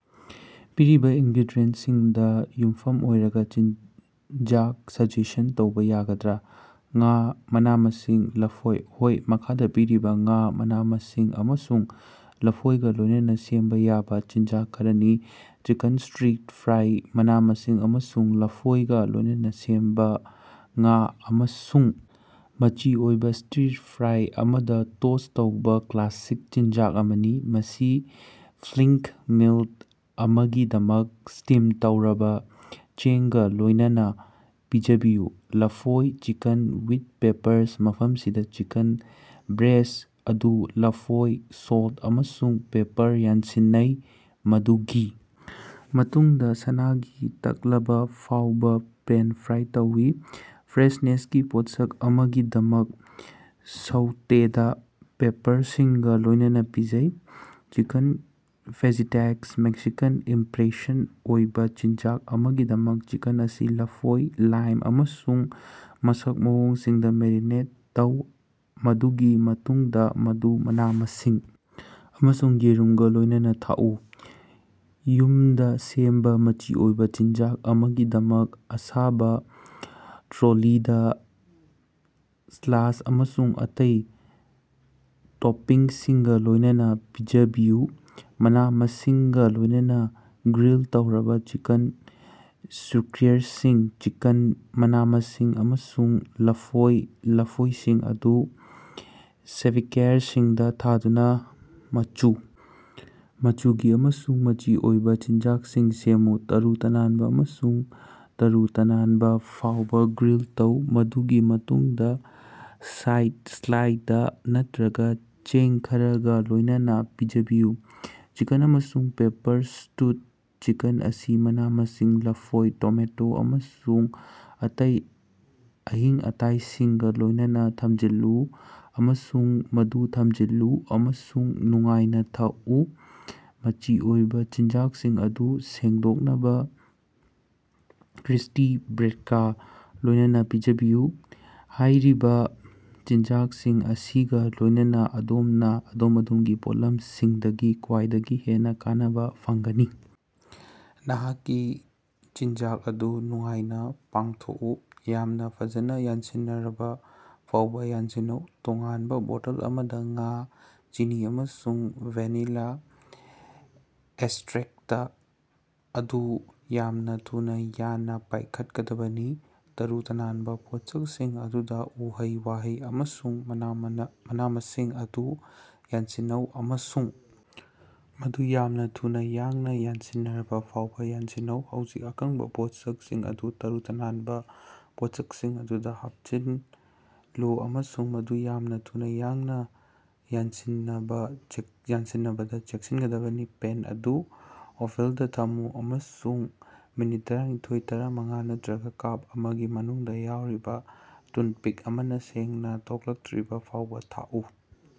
ꯄꯤꯔꯤꯕꯥ ꯏꯟꯒ꯭ꯔꯤꯗꯤꯌꯦꯟꯇꯁꯤꯡꯗꯥ ꯌꯨꯝꯐꯝ ꯑꯣꯏꯔꯒꯥ ꯆꯤꯠꯖꯥꯡ ꯁꯖꯦꯁ꯭ꯟ ꯇꯧꯕꯥ ꯌꯥꯒꯗ꯭ꯔꯥ? ꯉꯥ, ꯃꯅꯥ-ꯃꯁꯤꯡ, ꯂꯐꯣꯏ꯫ ꯍꯣꯏ! ꯃꯈꯥꯗꯥ ꯄꯤꯔꯤꯕꯁꯤ ꯉꯥ, ꯃꯅꯥ-ꯃꯁꯤꯡ ꯑꯃꯁꯨꯡ ꯂꯐꯣꯏꯒꯥ ꯂꯣꯌꯏꯅꯥ ꯁꯦꯝꯕꯥ ꯌꯥꯕꯥ ꯆꯤꯠꯖꯥꯡ ꯈꯔꯅꯤ: ꯆꯤꯀꯟ ꯁ꯭ꯇꯤꯔ ꯐ꯭ꯔꯥꯏ: ꯃꯅꯥ-ꯃꯁꯤꯡ ꯑꯃꯁꯨꯡ ꯂꯐꯣꯏꯒꯥ ꯂꯣꯌꯏꯅꯥ ꯁꯦꯝꯕꯥ ꯉꯥ, ꯑꯃꯁꯨꯡ ꯃꯆꯤ ꯑꯣꯏꯕꯥ ꯁ꯭ꯇꯤꯔ ꯐ꯭ꯔꯥꯏ ꯑꯃꯗꯥ ꯇꯣꯁ ꯇꯧꯕꯥ ꯀ꯭ꯂꯥꯁꯤꯛ ꯆꯤꯠꯖꯥꯡ ꯑꯃꯅꯤ꯫ ꯃꯁꯤ ꯐꯤꯜꯂꯤꯡ ꯃꯤꯜ ꯑꯃꯒꯤꯗꯃꯛ ꯁ꯭ꯇꯤꯝ ꯇꯧꯔꯕꯥ ꯆꯦꯡꯒꯥ ꯂꯣꯌꯏꯅꯥ ꯄꯤꯖꯕꯤꯌꯨ꯫ ꯂꯐꯣꯏ ꯆꯤꯀꯟ ꯋꯤꯠ ꯄꯦꯄꯔꯁ: ꯃꯐꯝꯁꯤꯗꯥ, ꯆꯤꯀꯟ ꯕ꯭ꯔꯦꯁ꯭ꯠ ꯑꯗꯨ ꯂꯐꯣꯏ, ꯁꯣꯜꯇ ꯑꯃꯁꯨꯡ ꯄꯦꯄꯔꯅꯥ ꯌꯥꯟꯁꯤꯟꯅꯩ, ꯃꯗꯨꯒꯤ ꯃꯇꯨꯡꯗꯥ ꯁꯅꯥꯒꯤ ꯇꯛꯂꯕꯥ ꯐꯥꯎꯕꯥ ꯄꯦꯟ-ꯐ꯭ꯔꯥꯏ ꯇꯧꯏ꯫ ꯐ꯭ꯔꯦꯁꯅꯦꯁꯀꯤ ꯄꯣꯠꯁꯛ ꯑꯃꯒꯤꯗꯃꯛ ꯁꯧꯇꯦꯗ ꯄꯦꯄꯔꯁꯤꯡꯒꯥ ꯂꯣꯌꯏꯅꯥ ꯄꯤꯖꯩ꯫ ꯆꯤꯀꯟ ꯐꯥꯖꯤꯇꯥꯁ: ꯃꯦꯛꯁꯤꯀꯥꯟ ꯏꯝꯁ꯭ꯄꯤꯔꯦꯁꯟ ꯑꯣꯏꯕꯥ ꯆꯤꯠꯖꯥꯡ ꯑꯃꯒꯤꯗꯃꯛ, ꯆꯤꯀꯟ ꯑꯁꯤ ꯂꯐꯣꯏ, ꯂꯥꯏꯝ ꯑꯃꯁꯨꯡ ꯃꯁꯛ ꯃꯑꯣꯡꯁꯤꯡꯗꯥ ꯃꯦꯔꯤꯅꯦꯠ ꯇꯧ, ꯃꯗꯨꯒꯤ ꯃꯇꯨꯡꯗꯥ ꯃꯗꯨ ꯃꯅꯥ-ꯃꯁꯤꯡ ꯑꯃꯁꯨꯡ ꯌꯦꯔꯨꯝꯒꯥ ꯂꯣꯌꯏꯅꯥ ꯊꯛꯎ꯫ ꯌꯨꯝꯗꯥ ꯁꯦꯝꯕꯥ ꯃꯆꯤ ꯑꯣꯏꯕꯥ ꯆꯤꯟꯖꯥꯛ ꯑꯃꯒꯤꯗꯃꯛ ꯑꯁꯥꯕꯥ ꯇꯣꯔꯇꯤꯂꯥ, ꯁꯥꯂꯁꯥ ꯑꯃꯁꯨꯡ ꯑꯇꯩ ꯇꯣꯄꯤꯡꯁꯤꯡꯒꯥ ꯂꯣꯏꯅꯅꯥ ꯄꯤꯖꯕꯤꯌꯨ꯫ ꯃꯅꯥ-ꯃꯁꯤꯡꯒꯥ ꯂꯣꯏꯅꯅꯥ ꯒ꯭ꯔꯤꯜ ꯇꯧꯔꯕꯥ ꯆꯤꯀꯟ ꯁ꯭ꯀꯨꯌꯥꯔꯁꯤꯡ: ꯆꯤꯀꯟ, ꯃꯅꯥ-ꯃꯁꯤꯡ ꯑꯃꯁꯨꯡ ꯂꯐꯣꯏ ꯂꯐꯣꯏꯁꯤꯡ ꯑꯗꯨ ꯁ꯭ꯛꯕ꯭ꯌꯥꯔꯁꯤꯡꯗꯥ ꯊꯥꯗꯨꯅꯥ ꯃꯆꯨ ꯃꯆꯨꯒꯤ ꯑꯃꯁꯨꯡ ꯃꯆꯤ ꯑꯣꯏꯕꯥ ꯆꯤꯟꯖꯥꯛꯁꯤꯡ ꯁꯦꯝꯃꯨ꯫ ꯇꯔꯨ-ꯇꯅꯥꯟꯕꯥ ꯑꯃꯁꯨꯡ ꯇꯔꯨ-ꯇꯅꯥꯟꯕꯥ ꯐꯥꯎꯕꯥ ꯒ꯭ꯔꯤꯜ ꯇꯧ, ꯃꯗꯨꯒꯤ ꯃꯇꯨꯡꯗꯥ ꯁꯥꯏꯗ ꯁꯥꯂꯥꯗ ꯅꯠꯇꯔꯒꯥ ꯆꯦꯡ ꯈꯔꯒꯥ ꯂꯣꯏꯅꯅꯥ ꯄꯤꯖꯕꯤꯌꯨ꯫ ꯆꯤꯀꯟ ꯑꯃꯁꯨꯡ ꯄꯦꯄꯔ ꯁ꯭ꯇꯨ: ꯆꯤꯀꯟ ꯑꯁꯤ ꯃꯅꯥ-ꯃꯁꯤꯡ, ꯂꯐꯣꯏ, ꯇꯣꯃꯦꯇꯣ, ꯑꯃꯁꯨꯡ ꯑꯇꯩ ꯃꯍꯤꯛ-ꯃꯇꯥꯏꯁꯤꯡꯒꯥ ꯂꯣꯏꯅꯅꯥ ꯊꯝꯖꯤꯜꯂꯨ ꯑꯃꯁꯨꯡ ꯃꯗꯨ ꯊꯝꯖꯤꯜꯂꯨ ꯑꯃꯁꯨꯡ ꯅꯨꯡꯉꯥꯏꯅꯥ ꯊꯛꯎ꯫ ꯃꯆꯤ ꯑꯣꯏꯕꯥ ꯆꯤꯟꯖꯥꯛꯁꯤꯡ ꯑꯗꯨ ꯁꯦꯡꯗꯣꯛꯅꯕꯥ ꯀ꯭ꯔꯨꯁ꯭ꯇꯤ ꯕ꯭ꯔꯦꯗꯀꯥ ꯂꯣꯌꯅꯅꯥ ꯄꯤꯖꯕꯤꯌꯨ꯫ ꯍꯥꯌꯔꯤꯕꯥ ꯆꯤꯠꯖꯥꯡꯁꯤꯡ ꯑꯁꯤꯒꯥ ꯂꯣꯏꯅꯅꯥ ꯑꯗꯣꯝꯅꯥ ꯑꯗꯣꯝꯒꯤ ꯄꯣꯠꯂꯝꯁꯤꯡꯗꯒꯤ ꯈ꯭ꯋꯥꯏꯗꯒꯤ ꯍꯦꯟꯅꯥ ꯀꯥꯟꯅꯕꯥ ꯐꯪꯂꯒꯅꯤ! ꯅꯍꯥꯛꯀꯤ ꯆꯤꯠꯖꯥꯛ ꯑꯗꯨ ꯅꯨꯡꯉꯥꯏꯅꯥ ꯄꯥꯡꯊꯣꯛꯎ! ꯫ ꯌꯥꯝꯅꯥ ꯐꯖꯅꯥ ꯌꯥꯟꯁꯤꯟꯅꯔꯕꯥ ꯐꯥꯎꯕꯥ ꯌꯥꯟꯁꯤꯟꯅꯧ꯫ ꯇꯣꯉꯥꯟꯕꯥ ꯕꯣꯇꯜ ꯑꯃꯗꯥ ꯉꯥ, ꯆꯤꯅꯤ ꯑꯃꯁꯨꯡ ꯚꯦꯅꯤꯂꯥ ꯑꯦꯛꯁꯇ꯭ꯔꯦꯛꯇ ꯑꯗꯨ ꯌꯥꯝꯅꯥ ꯊꯨꯅꯥ ꯌꯥꯡꯅꯥ ꯄꯥꯏꯈꯠꯀꯗꯕꯅꯤ꯫ ꯇꯔꯨ-ꯇꯅꯥꯟꯕꯥ ꯄꯣꯠꯁꯛꯁꯤꯡ ꯑꯗꯨꯗꯥ ꯎꯍꯩ-ꯋꯥꯍꯩ ꯑꯃꯁꯨꯡ ꯃꯅꯥ-ꯃꯁꯤꯡ ꯑꯗꯨ ꯌꯥꯟꯁꯤꯟꯅꯧ ꯑꯃꯁꯨꯡ ꯃꯗꯨ ꯌꯥꯝꯅꯥ ꯊꯨꯅꯥ ꯌꯥꯡꯅꯥ ꯌꯥꯟꯁꯤꯟꯅꯔꯕꯥ ꯐꯥꯎꯕꯥ ꯌꯥꯟꯁꯤꯟꯅꯧ꯫ ꯍꯧꯖꯤꯛ, ꯑꯀꯪꯕꯥ ꯄꯣꯠꯁꯛꯁꯤꯡ ꯑꯗꯨ ꯇꯔꯨ-ꯇꯅꯥꯟꯕꯥ ꯄꯣꯠꯁꯛꯁꯤꯡ ꯑꯗꯨꯗꯥ ꯍꯥꯞꯆꯤꯜꯂꯨ, ꯑꯃꯁꯨꯡ ꯃꯗꯨ ꯌꯥꯝꯅꯥ ꯊꯨꯅꯥ ꯌꯥꯡꯅꯥ ꯌꯥꯟꯁꯤꯟꯅꯗꯅꯕꯥ ꯆꯦꯛꯁꯤꯠꯗꯕꯅꯤ꯫ ꯄꯦꯟ ꯑꯗꯨ ꯑꯣꯚꯔꯑꯣꯂꯗꯥ ꯊꯝꯃꯨ ꯑꯃꯁꯨꯡ ꯃꯤꯅꯠꯇꯔꯥꯅꯤꯊ‌ꯣꯏ- ꯇꯔꯥꯃꯉꯥ ꯅꯠꯇꯔꯒꯥ ꯀꯞ ꯑꯃꯒꯤ ꯃꯅꯨꯡꯗꯥ ꯌꯥꯎꯔꯤꯕꯥ ꯇꯨꯟꯄꯤꯛ ꯑꯃꯅꯥ ꯁꯦꯡꯅꯥ ꯊꯣꯛꯂꯛꯇꯔꯤꯕ ꯐꯥꯎꯕꯥ ꯊꯛꯎ꯫